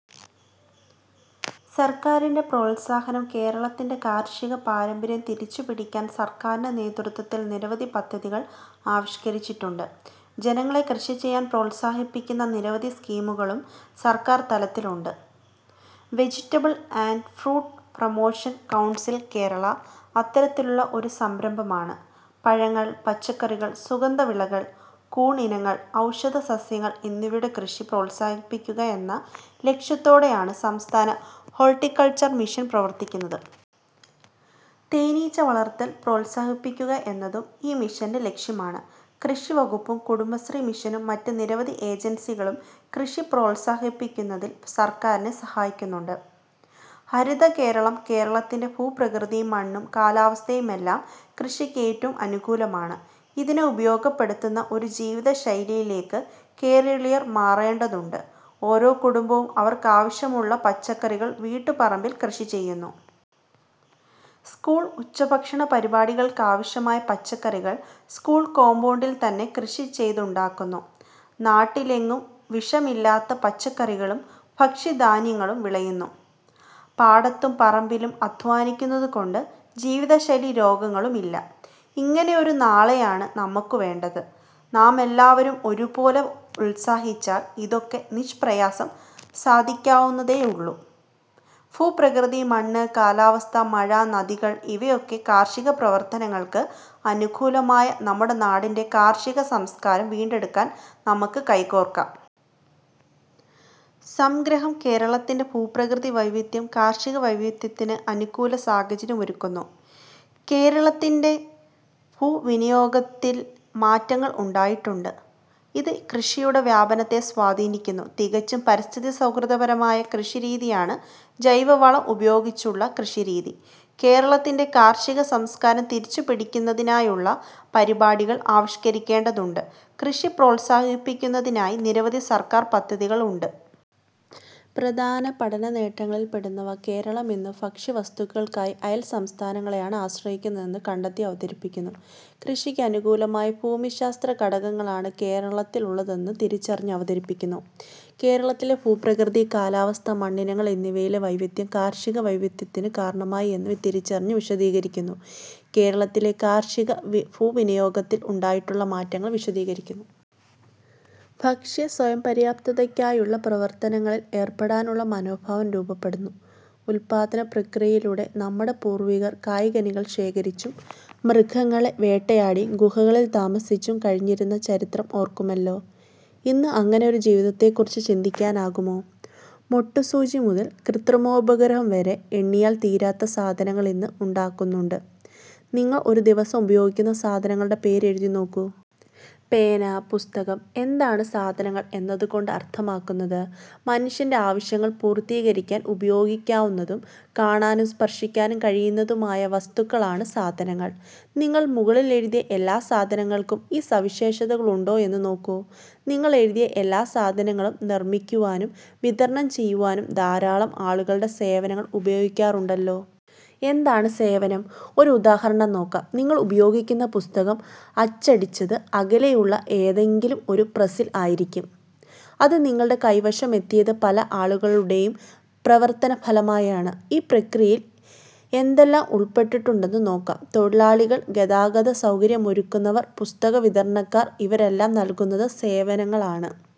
സർക്കാരിന്റെ പ്രോത്സാഹനം കേരളത്തിന്റെ കാർഷിക പാരമ്പര്യം തിരിച്ചു പിടിക്കാൻ സർക്കാരിന്റെ നേതൃത്വത്തിൽ നിരവധി പദ്ധതികൾ ആവിഷ്കരിച്ചിട്ടുണ്ട്. ജനങ്ങളെ കൃഷി ചെയ്യാൻ പ്രോത്സാഹിപ്പിക്കുന്ന നിരവധി സ്കീമുകളും സർക്കാർ തലത്തിലുണ്ട്. Vegetable and fruit promotion council Kerala, അത്തരത്തിലുള്ള ഒരു സംരംഭമാണ്. പഴങ്ങൾ, പച്ചക്കറികൾ, സുഗന്ധ വിളകൾ, കൂൺ ഇനങ്ങൾ, ഔഷധ സസ്യങ്ങൾ എന്നിവയുടെ കൃഷി പ്രോത്സാഹിപ്പിക്കുക എന്ന ലക്ഷ്യത്തോടെയാണ് സംസ്ഥാന ഹോൾട്ടി കൾച്ചർ മിഷൻ പ്രവർത്തിക്കുന്നത്. തേനീച്ച വളർത്തൽ പ്രോത്സാഹിപ്പിക്കുക എന്നതും ഈ മിഷന്റെ ലക്ഷ്യമാണ്. കൃഷിവകുപ്പും കുടുംബശ്രീ മിഷനും മറ്റു നിരവധി ഏജൻസികളും കൃഷി പ്രോത്സാഹിപ്പിക്കുന്നതിൽ സർക്കാരിനെ സഹായിക്കുന്നുണ്ട്. ഹരിതകേരളം കേരളത്തിന്റെ ഭൂപ്രകൃതിയും മണ്ണും കാലാവസ്ഥയുമെല്ലാം കൃഷിക്ക് ഏറ്റവും അനുകൂലമാണ്. ഇതിനെ ഉപയോഗപ്പെടുത്തുന്ന ഒരു ജീവിത ശൈലിയിലേക്ക് കേരളീയർ മാറേണ്ടതുണ്ട്. ഓരോ കുടുംബവും അവർക്കാവശ്യമുള്ള പച്ചക്കറികൾ വീട്ടുപറമ്പിൽ കൃഷി ചെയ്യുന്നു. സ്കൂൾ ഉച്ചഭക്ഷണ പരിപാടിക്കാവശ്യമായ പച്ചക്കറികൾ സ്കൂൾ കോമ്പൗണ്ടിൽത്തന്നെ കൃഷി ചെയ്തുണ്ടാക്കുന്നു. നാട്ടിലെങ്ങും വിഷമില്ലാത്ത പച്ചക്കറികളും ഭക്ഷ്യധാന്യങ്ങളും വിളയുന്നു. പാടത്തും പറമ്പിലും അദ്ധ്വാനിക്കുന്നതുകൊണ്ട് ജീവിതശൈലീ രോഗങ്ങളുമില്ല. ഇങ്ങനെയൊരു നാളെയാണ് നമുക്കു വേണ്ടത്. നാമെല്ലാവരും ഒരു പോലെ ഉത്സാഹിച്ചാൽ ഇതൊക്കെ നിഷ്പ്രയാസം സാധിക്കാവുന്നതേയുള്ളൂ. ഭൂപ്രകൃതി, മണ്ണ്, കാലാവസ്ഥ, മഴ, നദികൾ ഇവയൊക്കെ കാർഷികപ്രവർത്തനങ്ങൾക്ക് അനുകൂലമായ നമ്മുടെ നാടിന്റെ കാർഷിക സംസ്കാരം വീണ്ടെടുക്കാൻ നമുക്ക് കൈകോർക്കാം. സംഗ്രഹം കേരളത്തിന്റെ ഭൂപ്രകൃതി വൈവിധ്യം കാർഷികവൈവിധ്യത്തിന് അനുകൂല സാഹചര്യം ഒരുക്കുന്നു. കേരളത്തിന്റെ ഭൂവിനിയോഗത്തിൽ മാറ്റങ്ങൾ ഉണ്ടായിട്ടുണ്ട്. ഇത് കൃഷിയുടെ വ്യാപനത്തെ സ്വാധീനിക്കുന്നു. തികച്ചും പരിസ്ഥിതി സൗഹൃദപരമായ കൃഷിരീതിയാണ് ജൈവവളം ഉപയോഗിച്ചുള്ള കൃഷിരീതി. കേരളത്തിന്റെ കാർഷിക സംസ്കാരം തിരിച്ചുപിടിക്കുന്നതിനായുള്ള പരിപാടികൾ ആവിഷ്കരിക്കേണ്ടതുണ്ട്. കൃഷി പ്രോത്സാഹിപ്പിക്കുന്നതിനായി നിരവധി സർക്കാർ പദ്ധതികൾ ഉണ്ട്. പ്രധാന പഠനനേട്ടങ്ങളിൽപ്പെടുന്നവ കേരളം ഇന്ന് ഭക്ഷ്യവസ്തുക്കൾക്കായി അയൽ സംസ്ഥാനങ്ങളെയാണ് ആശ്രയിക്കുന്നത് എന്നു കണ്ടെത്തി അവതരിപ്പിക്കുന്നു. കൃഷിക്കനുകൂലമായ ഭൂമിശാസ്ത്ര ഘടകങ്ങളാണ് കേരളത്തിലുള്ളതെന്ന് തിരിച്ചറിഞ്ഞ് അവതരിപ്പിക്കുന്നു. കേരളത്തിലെ ഭൂപ്രകൃതി, കാലാവസ്ഥ, മണ്ണിനങ്ങൾ എന്നിവയിലെ വൈവിധ്യം കാർഷിക വൈവിധ്യത്തിന് കാരണമായി എന്നു തിരിച്ചറിഞ്ഞ് വിശദീകരിക്കുന്നു. കേരളത്തിലെ കാർഷിക ഭൂവിനിയോഗത്തിൽ ഉണ്ടായിട്ടുള്ള മാറ്റങ്ങൾ വിശദീകരിക്കുന്നു. ഭക്ഷ്യസ്വയംപര്യാപ്തതയ്ക്കായുള്ള പ്രവർത്തനങ്ങളിൽ ഏർപ്പെടാനുള്ള മനോഭാവം രൂപപ്പെടുന്നു. ഉല്പാദനപ്രക്രിയയിലൂടെ നമ്മുടെ പൂർവികർ കായ്കനികൾ ശേഖരിച്ചും മൃഗങ്ങളെ വേട്ടയാടിയും ഗുഹകളിൽ താമസിച്ചും കഴിഞ്ഞിരുന്ന ചരിത്രം ഓർക്കുമല്ലോ. ഇന്ന് അങ്ങനെ ഒരു ജീവിതത്തെക്കുറിച്ച് ചിന്തിക്കാനാകുമോ? മൊട്ട് സൂചി മുതൽ കൃത്രിമോപഗ്രഹം വരെ എണ്ണിയാൽ തീരാത്തത സാധനങ്ങൾ ഇന്ന് ഉണ്ടാക്കുന്നുണ്ട്. നിങ്ങൾ ഒരു ദിവസം ഉപയോഗിക്കുന്ന സാധനങ്ങളുടെ പേര് എഴുതിനോക്കൂ. പേന, പുസ്തകം. എന്താണ് സാധനങ്ങൾ എന്നതുകൊണ്ട് അർത്ഥമാക്കുന്നത്? മനുഷ്യന്റെ ആവശ്യങ്ങൾ പൂർത്തീകരിക്കാൻ ഉപയോഗിക്കാവുന്നതും കാണാനും സ്പർശിക്കാനും കഴിയുന്നതുമായ വസ്തുക്കളാണ് സാധനങ്ങൾ. നിങ്ങൾ മുകളിൽ എഴുതിയ എല്ലാ സാധനങ്ങൾക്കും ഈ സവിശേഷതകൾ ഉണ്ടോ എന്ന് നോക്കൂ. നിങ്ങൾ എഴുതിയ എല്ലാ സാധനങ്ങളും നിർമിക്കുവാനും വിതരണം ചെയ്യുവാനും ധാരാളം ആളുകളുടെ സേവനങ്ങൾ ഉപയോഗിക്കാറുണ്ടല്ലോ. എന്താണ് സേവനം? ഒരു ഉദാഹരണം നോക്കാം. നിങ്ങൾ ഉപയോഗിക്കുന്ന പുസ്തകം അച്ചടിച്ചത് അകലെയുള്ള ഏതെങ്കിലും ഒരു പ്രസിൽ ആയിരിക്കും. അത് നിങ്ങളുടെ കൈവശം എത്തിയത് പല ആളുകളുടെയും പ്രവർത്തനഫലമായാണ്. ഈ പ്രക്രിയയിൽ എന്തെല്ലാം ഉൾപ്പെട്ടിട്ടുണ്ടെന്ന് നോക്കാം. തൊഴിലാളികൾ ഗതാഗതസൗകര്യമൊരുക്കുന്നവർ പുസ്തക വിതരണക്കാർ. ഇവരെല്ലാം നൽകുന്നത് സേവനങ്ങൾ ആണ്.